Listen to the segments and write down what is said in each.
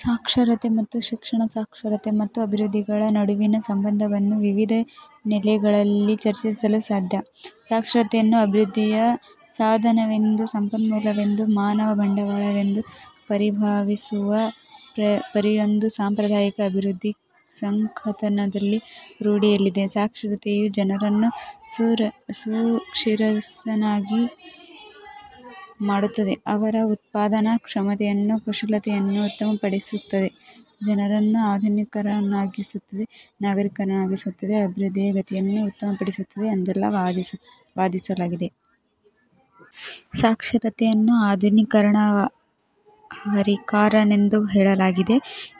ಸಾಕ್ಷರತೆ ಮತ್ತು ಶಿಕ್ಷಣ ಸಾಕ್ಷರತೆ ಮತ್ತು ಅಭಿವೃದ್ಧಿಗಳ ನಡುವಿನ ಸಂಬಂಧವನ್ನು ವಿವಿಧ ನೆಲೆಗಳಲ್ಲಿ ಚರ್ಚಿಸಲು ಸಾಧ್ಯ. ಸಾಕ್ಷರತೆಯನ್ನು ಅಭಿವೃದ್ಧಿಯ 'ಸಾಧನ'ವೆಂದೂ, 'ಸಂಪನ್ಮೂಲ'ವೆಂದೂ 'ಮಾನವ ಬಂಡವಾಳ'ವೆಂದೂ ಪರಿಭಾವಿಸುವ ಪರಿಯೊಂದು ಸಾಂಪ್ರದಾಯಿಕ ಅಭಿವೃದ್ಧಿ ಸಂಕಥನದಲ್ಲಿ ರೂಢಿಯಲ್ಲಿದೆ. ಸಾಕ್ಷರತೆಯು ಜನರನ್ನು ಸುಶಿಕ್ಷಿತರನ್ನಾಗಿ ಮಾಡುತ್ತದೆ, ಅವರ ಉತ್ಪಾದನಾ ಕ್ಷಮತೆಯನ್ನು ಕುಶಲತೆಯನ್ನು ಉತ್ತಮ ಪಡಿಸುತ್ತದೆ, ಜನರನ್ನು ಆಧುನಿಕರನ್ನಾಗಿಸುತ್ತದೆ ನಾಗರಿಕರನ್ನಾಗಿಸುತ್ತದೆ, ಅಭಿವೃದ್ಧಿಯ ಗತಿಯನ್ನು ಉತ್ತಮಪಡಿಸುತ್ತದೆ ಎಂದೆಲ್ಲ ವಾದಿಸಲಾಗುತ್ತದೆ. 'ಸಾಕ್ಷರತೆ'ಯನ್ನು ಆಧುನೀಕರಣ 'ಹರಿಕಾರ'ನೆಂದೂ ಹೇಳಲಾಗಿದೆ.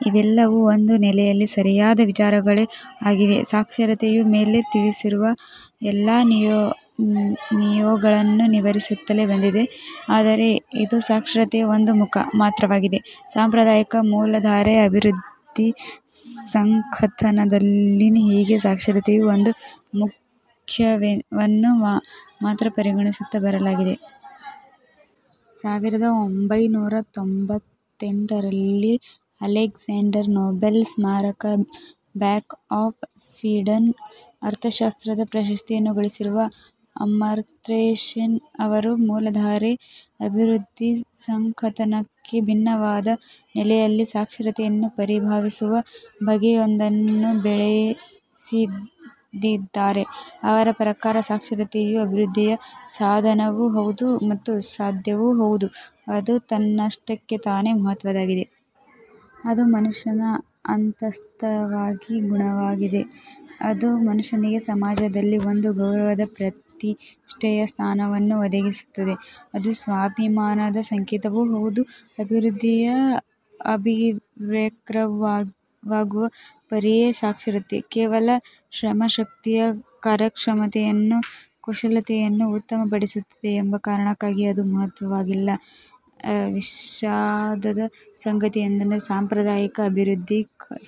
ಇವೆಲ್ಲವೂ ಒಂದು ನೆಲೆಯಲ್ಲಿ ಸರಿಯಾದ ವಿಚಾರಗಳೇ ಆಗಿವೆ. ಸಾಕ್ಷರತೆಯು ಮೇಲೆ ತಿಳಿಸಿರುವ ಎಲ್ಲ ನಿಯೋಗಗಳನ್ನು ನಿರ್ವಹಿಸುತ್ತಲೇ ಬಂದಿದೆ. ಆದರೆ ಇದು ಸಾಕ್ಷರತೆಯ ಒಂದು ಮುಖ ಮಾತ್ರವಾಗಿದೆ. ಸಾಂಪ್ರದಾಯಿಕ ಮೂಲ ಧಾರೆ ಅಭಿವೃದ್ಧಿ ಸಂಕಥನದಲ್ಲಿ ಹೀಗೆ ಸಾಕ್ಷರತೆಯ ಒಂದು ಮುಖ್ಯವನ್ನು ಮಾತ್ರ ಪರಿಗಣಿಸುತ್ತಾ ಬರಲಾಗಿದೆ. ಸಾವಿರದ ಒಂಭೈನೂರ ತೊಂಭತ್ತೆಂಟರಲ್ಲಿ ಆಲ್ಫ್ರೆಡ್ ನೊಬೆಲ್ ಸ್ಮಾರಕ ಬ್ಯಾಂಕ್ ಆಫ್ ಸ್ವೀಡನ್ನ ಅರ್ಥಶಾಸ್ತ್ರದ ಪ್ರಶಸ್ತಿಯನ್ನು ಗಳಿಸಿರುವ ಅಮರ್ತ್ಯಸೇನ್ ಅವರು ಮೂಲಧಾರೆ ಅಭಿವೃದ್ಧಿ ಸಂಕಥನಕ್ಕೆ ಭಿನ್ನವಾದ ನೆಲೆಯಲ್ಲಿ ಸಾಕ್ಷರತೆಯನ್ನು ಪರಿಭಾವಿಸುವ ಬಗೆಯೊಂದನ್ನು ಬೆಳೆಸಿದಿದ್ದಾರೆ. ಅವರ ಪ್ರಕಾರ ಸಾಕ್ಷರತೆಯು ಅಭಿವೃದ್ಧಿಯ 'ಸಾಧನ'ವೂ ಹೌದು ಮತ್ತು 'ಸಾಧ್ಯ'ವೂ ಹೌದು, ಅದು ತನ್ನಷ್ಟಕ್ಕೆ ತಾನೆ ಮಹತ್ವದ್ದಾಗಿದೆ. ಅದು ಮನುಷ್ಯನ ಅಂತಸ್ಥವಾಗಿ ಗುಣವಾಗಿದೆ. ಅದು ಮನುಷ್ಯನಿಗೆ ಸಮಾಜದಲ್ಲಿ ಒಂದು ಗೌರವದ ಪ್ರತಿಷ್ಟೆಯ ಸ್ಥಾನವನ್ನು ಒದಗಿಸುತ್ತದೆ. ಅದು ಸ್ವಾಭಿಮಾನದ ಸಂಕೇತವೂ ಹೌದು. ಅಭಿವೃದ್ಧಿಯು ಅಭಿವ್ಯಕ್ರವಾಗುವ ಪರಿಯೇ ಸಾಕ್ಷರತೆ. ಕೇವಲ ಶ್ರಮಶಕ್ತಿಯ ಕಾರ್ಯಕ್ರಮತೆಯನ್ನು, ಕುಶಲತೆಯನ್ನು ಉತ್ತಮ ಪಡಿಸುತ್ತದೆ ಎಂಬ ಕಾರಣಕ್ಕಾಗಿ ಅದು ಮಹತ್ವವಾಗಬೇಕಾಗಿಲ್ಲ. ವಿಷಾದದ ಸಂಗತಿಯೆಂದರೆ ಸಾಂಪ್ರದಾಯಿಕ ಅಭಿವೃದ್ಧಿ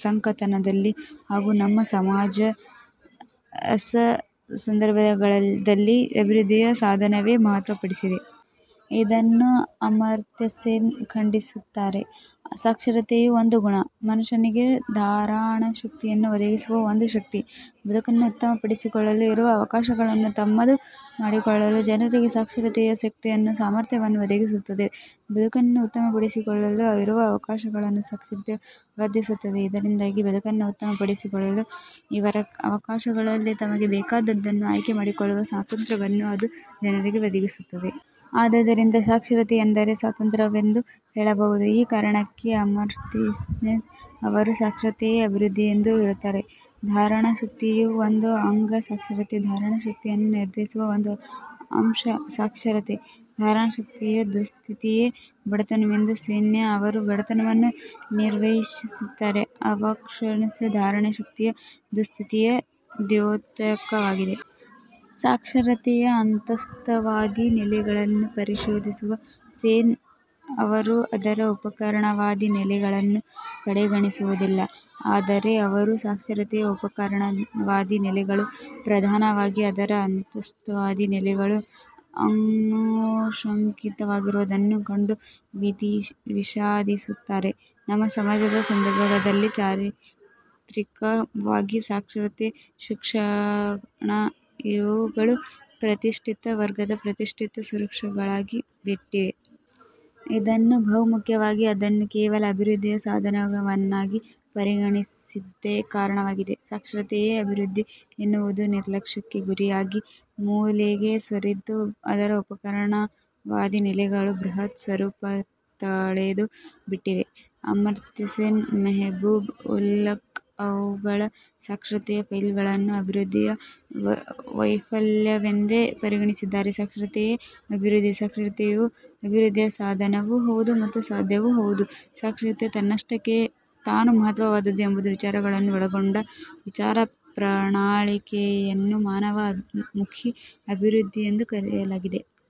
ಸಂಕಥನದಲ್ಲಿ ಹಾಗೂ ನಮ್ಮ ಸಮಾಜಸ ಸಂದರ್ಭದಲ್ಲಿ ಅಭಿವೃದ್ಧಿಯ ಸಾಧನವಾಗಿಯೇ ಮಹತ್ವ ಪಡೆದಿದೆ. ಇದನ್ನು ಅಮರ್ತ್ಯಸೇನ್ ಖಂಡಿಸುತ್ತಾರೆ. ಸಾಕ್ಷರತೆಯು ಒಂದು ಗುಣ. ಮನುಷ್ಯನಿಗೆ ಧಾರಣಶಕ್ತಿಯನ್ನು ಒದಗಿಸುವ ಒಂದು ಶಕ್ತಿ. ಬದುಕನ್ನು ಉತ್ತಮ ಪಡಿಸಿಕೊಳ್ಳಲು ಇರುವ ಅವಕಾಶಗಳನ್ನು ತಮ್ಮದು ಮಾಡಿಕೊಳ್ಳಲು ಜನರಿಗೆ ಸಾಕ್ಷರತೆಯು ಶಕ್ತಿಯನ್ನು ಸಾಮರ್ಥ್ಯವನ್ನು ಒದಗಿಸುತ್ತದೆ. ಬದುಕನ್ನು ಉತ್ತಮಪಡಿಸಿಕೊಳ್ಳಲು ಇರುವ ಅವಕಾಶಗಳನ್ನು ಸಾಕ್ಷರತೆ ವರ್ಧಿಸುತ್ತದೆ. ಇದರಿಂದಾಗಿ ಬದುಕನ್ನು ಉತ್ತಮ ಪಡಿಸಿಕೊಳ್ಳಲು ಇರುವ ಅವಕಾಶಗಳಲ್ಲಿ ತಮಗೆ ಬೇಕಾದುದನ್ನು ಆಯ್ಕೆ ಮಾಡಿಕೊಳ್ಳುವ ಸ್ವಾತಂತ್ರ್ಯವನ್ನು ಅದು ಜನರಿಗೆ ಒದಗಿಸುತ್ತದೆ. ಆದ್ದರಿಂದ ಸಾಕ್ಷರತೆ ಎಂದರೆ' 'ಸ್ವಾತಂತ್ರ್ಯ'ವೆಂದೂ ಹೇಳಬಹುದು. ಈ ಕಾರಣಕ್ಕೆ ಅಮರ್ತ್ಯಸೇನ್ ಅವರು ಸಾಕ್ಷರತೆಯೇ ಅಭಿವೃದ್ಧಿ ಎಂದು ಹೇಳುತ್ತಾರೆ. ಧಾರಣಶಕ್ತಿಯು ಒಂದು ಅಂಗ ಸಾಕ್ಷರತೆ. ಧಾರಣಶಕ್ತಿಯನ್ನು ನಿರ್ಧರಿಸುವ ಒಂದು ಅಂಶ ಸಾಕ್ಷರತೆ. 'ಧಾರಣಶಕ್ತಿಯ ದುಸ್ಥಿತಿ'ಯೇ ಬಡತನವೆಂದು ಸೇನ್ ಅವರು ಬಡತನವನ್ನು ನಿರ್ವಚಿಸಿದ್ದಾರೆ.. ಅನಕ್ಷರತೆಯು ಧಾರಣಶಕ್ತಿಯ ದುಸ್ಥಿತಿಯ ದ್ಯೋತಕವಾಗಿದೆ. ಸಾಕ್ಷರತೆಯ ಅಂತಸ್ಥವಾದಿ ನೆಲೆಗಳನ್ನು ಪರಿಶೋಧಿಸುವ ಸೇನ್ ಅವರು ಅದರ 'ಉಪಕರಣವಾದಿ; ನೆಲೆಗಳನ್ನು ಕಡೆಗಣಿಸುವುದಿಲ್ಲ. ಆದರೆ ಅವರು ಸಾಕ್ಷರತೆಯ ಉಪಕರಣವಾದಿ ನೆಲೆಗಳು ಪ್ರಧಾನವಾಗಿ ಅದರ ಅಂತಸ್ಥವಾದಿ ನೆಲೆಗಳು ಅನುಷಂಗಿಕವಾಗಿರುವುದನ್ನು ಕಂಡು ವಿಷಾಧಿಸುತ್ತಾರೆ. ನಮ್ಮ ಸಮಾಜದ ಸಂದರ್ಭದಲ್ಲಿ, ಚಾರಿತ್ರಿಕವಾಗಿ ಸಾಕ್ಷರತೆ – ಶಿಕ್ಷಣ ಇವುಗಳು ಪ್ರತಿಷ್ಠಿತ ವರ್ಗದ ಪ್ರತಿಷ್ಠಿತ ಸರಕುಗಳಾಗಿ ಬಿಟ್ಟಿವೆ. ಇದನ್ನು ಬಹುಮುಖ್ಯವಾಗಿ ಅದನ್ನು ಕೇವಲ ಅಭಿವೃದ್ಧಿಯ ಸಾಧನವನ್ನಾಗಿ ಪರಿಗಣಿಸಿದ್ದೇ ಕಾರಣವಾಗಿದೆ. ಸಾಕ್ಷರತೆಯೇ ಅಭಿವೃದ್ಧಿ ಎನ್ನುವುದು ನಿರ್ಲಕ್ಷ್ಯಕ್ಕೆ ಗುರಿಯಾಗಿ, ಮೂಲೆಗೆ ಸರಿದು ಅದರ ಉಪಕರಣ ವಾದಿ ನೆಲೆಗಳು ಬೃಹತ್ ಸ್ವರೂಪ ತಳೆದು ಬಿಟ್ಟಿವೆ. ಅಮರ್ತ್ಯಸೇನ್, ಮೆಹಬೂಬ್ ಉಲ್ಹಕ್ ಅವುಗಳು ಸಾಕ್ಷರತೆಯ ವೈಫಲ್ಯವನ್ನು ಅಭಿವೃದ್ಧಿಯ ವೈಫಲ್ಯವೆಂದೇ ಪರಿಗಣಿಸಿದ್ದಾರೆ. 'ಸಾಕ್ಷರತೆಯೇ ಅಭಿವೃದ್ಧಿ', 'ಸಾಕ್ಷರತೆಯು ಅಭಿವೃದ್ಧಿಯ 'ಸಾಧನ' ವೂ ಹೌದು ಮತ್ತು 'ಸಾಧ್ಯ'ವೂ ಹೌದು', ಸಾಕ್ಷರತೆ ತನ್ನಷ್ಟಕ್ಕೆ ತಾನು ಮಹತ್ವವಾದುದು ಎಂಬ ವಿಚಾರಗಳನ್ನು ಒಳಗೊಂಡ ವಿಚಾರ ಪ್ರಣಾಳಿಕೆಯನ್ನು 'ಮಾನವ ಮುಖಿ ಅಭಿವೃದ್ಧಿ' ಎಂದು ಕರೆಯಲಾಗಿದೆ.